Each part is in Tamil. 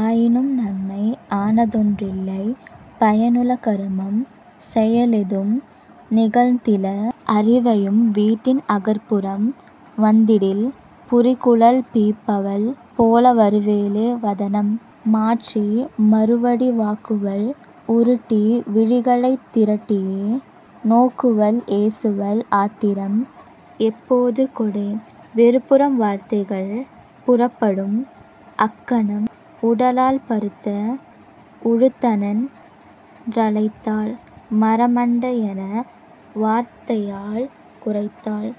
ஆயினும் நன்மை ஆனதொன் றில்லை। பயனுள கருமம் செயலெதும் நிகழ்ந்தில; அரிவையும் வீட்டின் அகப்புறம் வந்திடில் புரிகுழல் பிய்ப்பவள் போல வருவளே வதனம் மாற்றி மறுவடி வாக்குவள் உருட்டி விழிகளைத் திரட்டியே நோக்குவள் ஏசுவள் ஆத்திரம் எப்போதும் கொடே வெறுப்புறும் வார்த்தைகள் புறப்படும் அக்கணம் உடலால் பருத்த உலுத்தனென் றழைத்தாள் மரமண் டையென வார்த்தையால் குரைத்தாள்.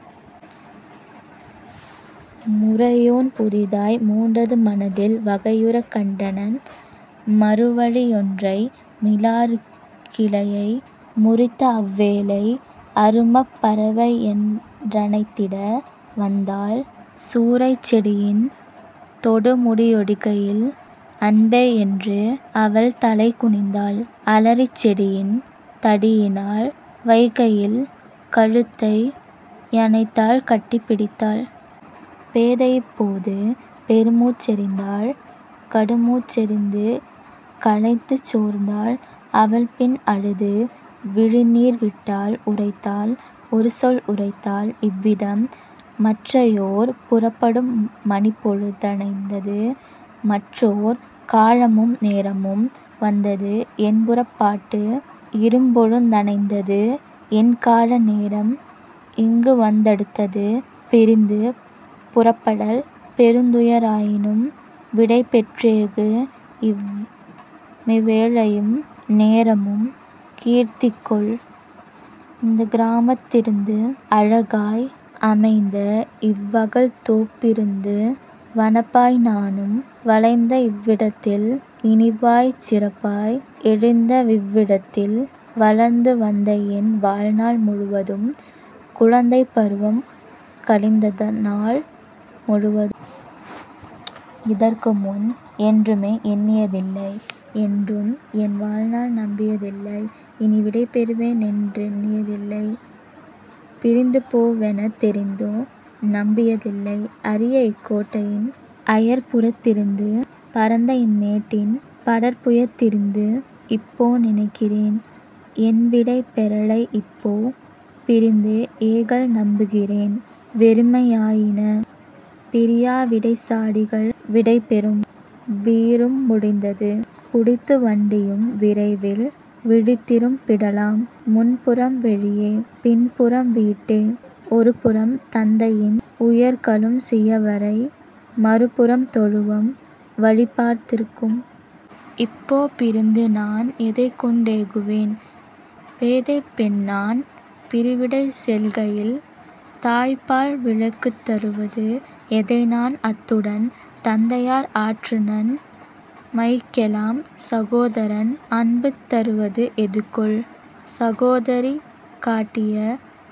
முறையொன் புதிதாய் மூண்டது மனத்தில் வகையுறக் கண்டனன் மறுவழி யொன்றை: மிலாறுக் கிளையை முறித்தஅவ் வேளை அருமப் பறவையென் றணைத்திட வந்தாள்; சூரைச் செடியின் தொடுமுடி யொடிக்கையில் அன்பே யென்று அவள்தலை குனிந்தாள்; அலரிச் செடியின் தடியினால் வைக்கையில் கழுத்தை யணைத்தாள் கட்டி பிடித்தாள். " பேதையிப் போது பெருமூச்செறிந்தாள் கடுமூச் செறிந்து களைத்துச் சோர்ந்தாள் அவள்பின் அழுது விழிநீர் விட்டாள் உரைத்தாள் ஒருசொல் உரைத்தாள் இவ்விதம்: "மற்றயோர் புறப்படும் மணிப்பொழு தணைந்தது மற்றயோர் காலமும் நேரமும் வந்தது என்புறப் பாட்டு இரும்பொழு தணைந்தது என்கால நேரம் இங்குவந் தடுத்தது பிரிந்து புறப்படல் பெருந்துய ராயினும் விடைபெற் றேகுமிவ் வேளையும் நேரமும் கீர்த்திகொள் இந்தக் கிராமத் திருந்து அழகாய் அமைந்தஇவ் வகல்தோப் பிருந்து வனப்பாய் நானும் வளர்ந்தவிவ் விடத்தில் இனிப்பாய்ச் சிறப்பாய் எழுந்தவிவ் விடத்தில் வளர்ந்து வந்தஎன் வாழ்நாள் முழுவதும் குழந்தைப் பருவம் கழித்தநாள் முழுவதும். இதற்குமுன் என்றுமே எண்ணிய தில்லை என்றும்என் வாழ்நாள் நம்பிய தில்லை இனிவிடை பெறுவனென் றெண்ணிய தில்லை பிரிந்துபோ வேனெனத் தெரிந்துநம் பியதிலை அரியஇக் கோட்டையின் அயற்புறத் திருந்து பரந்த இம்மேட்டின் படர்புயத் திருந்து; இப்போ நினைக்கிறேன் என்விடை பெறலை இப்போ பிரிந்து ஏகல்நம் புகிறேன் வெறுமையா யினபிரி யாவிடைச் சாடிகள் விடைபெறும் 'பீரு'ம் முடிந்தது குடித்து வண்டியும் விரைவில் வழிதிரும் பிடலாம் முன்புறம், வெளியே பின்புறம் வீட்டே ஒருபுறம் தந்தையின் உயர்களஞ் சியவறை மறுபுறம் தொழுவம் வழிபார்த் திருக்கும். இப்போ பிரிந்துநான் எதைக்கொண் டேகுவேன் பேதைப் பெண்நான் பிரிவிடைச் செல்கையில் தாய்ப்பால் விலைக்குத் தருவது எதைநான் அத்துடன் தந்தையார் ஆற்றுநன் மைக்கெலாம் சகோதரன் அன்புக் தருவது எதுகொல் சகோதரி காட்டிய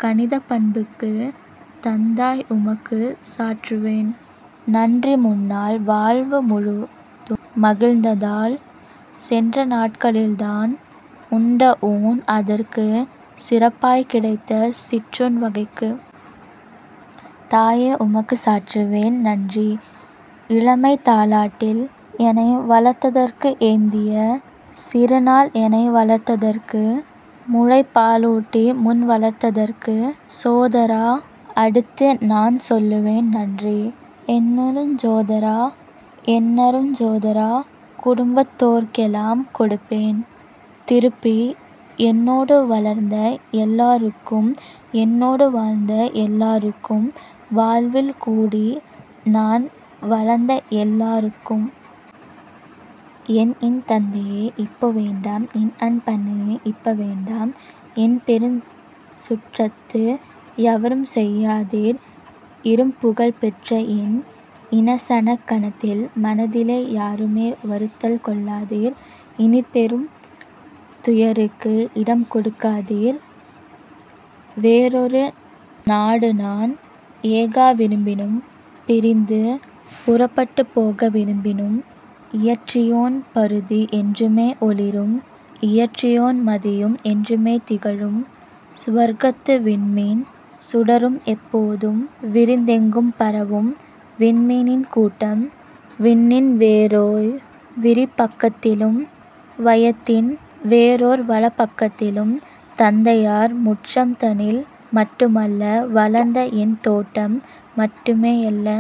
கனிந்த பண்புக்கு? தந்தாய், உமக்குச் சாற்றுவேன் நன்றி முன்னாள் வாழ்வு முழுதும் மகிழ்ந்ததால் சென்றநாட் களில்நான் உண்டஊண் அதற்கு சிறப்பாய்க் கிடைத்த சிற்றுண் வகைக்கு. தாயே, உமக்குச் சாற்றுவேன் நன்றி இளமைதா லாட்டில் எனைவளர்த் ததற்கு ஏந்தியே சிறுநாள் எனைவளர்த் ததற்கு முலைப்பா லுட்டி முன்வளர்த் ததற்கு. சோதரா, அடுத்துநான் சொல்லுவேன் நன்றி என்னருஞ் சோதரா, என்னருஞ் சோதரி, குடும்பத் தோர்க்கெலாம் கொடுப்பேன் திருப்பி என்னோடு வளர்ந்த எல்லா ருக்கும் என்னோடு வாழ்ந்த எல்லா ருக்கும் வாழ்வில் கூடிநான் வளர்ந்தஎல் லார்க்கும். என்இன் தந்தையே இப்போ வேண்டாம் என்அன் பன்னையே இப்போ வேண்டாம் என்பெருஞ் சுற்றத்து எவருஞ்செய் யாதீர் இரும்புகழ் பெற்றஎன் இனசனக் கணத்தில் மனதிலே யாருமே வருத்தம் கொள்ளாதீர் இனிப்பெரும் துயருக்கு இடம்கொடுக் காதீர் வேறொரு நாடுநான் ஏகவிருப் பினும் பிரிந்து புறப்பட்டுப் போக விருப்பினும்! இயற்றியோன் பருதி என்றுமே ஒளிரும் இயற்றியோன் மதியும் என்றுமே திகழும் சுவர்க்கத்து விண்மீன் சுடரும்எப் போதும் விரிந்தெங்கும் பரவும் விண்மீனின் கூட்டம் விண்ணின்வே றேயோர் விரிபக் கத்திலும் வையத்தின் வேறோர் வளர்பக் கத்திலும் தந்தையார் முற்றம் தனில் மட்டுமல்ல வளர்ந்தஎன் தோட்டம் மட்டுமே யல்ல.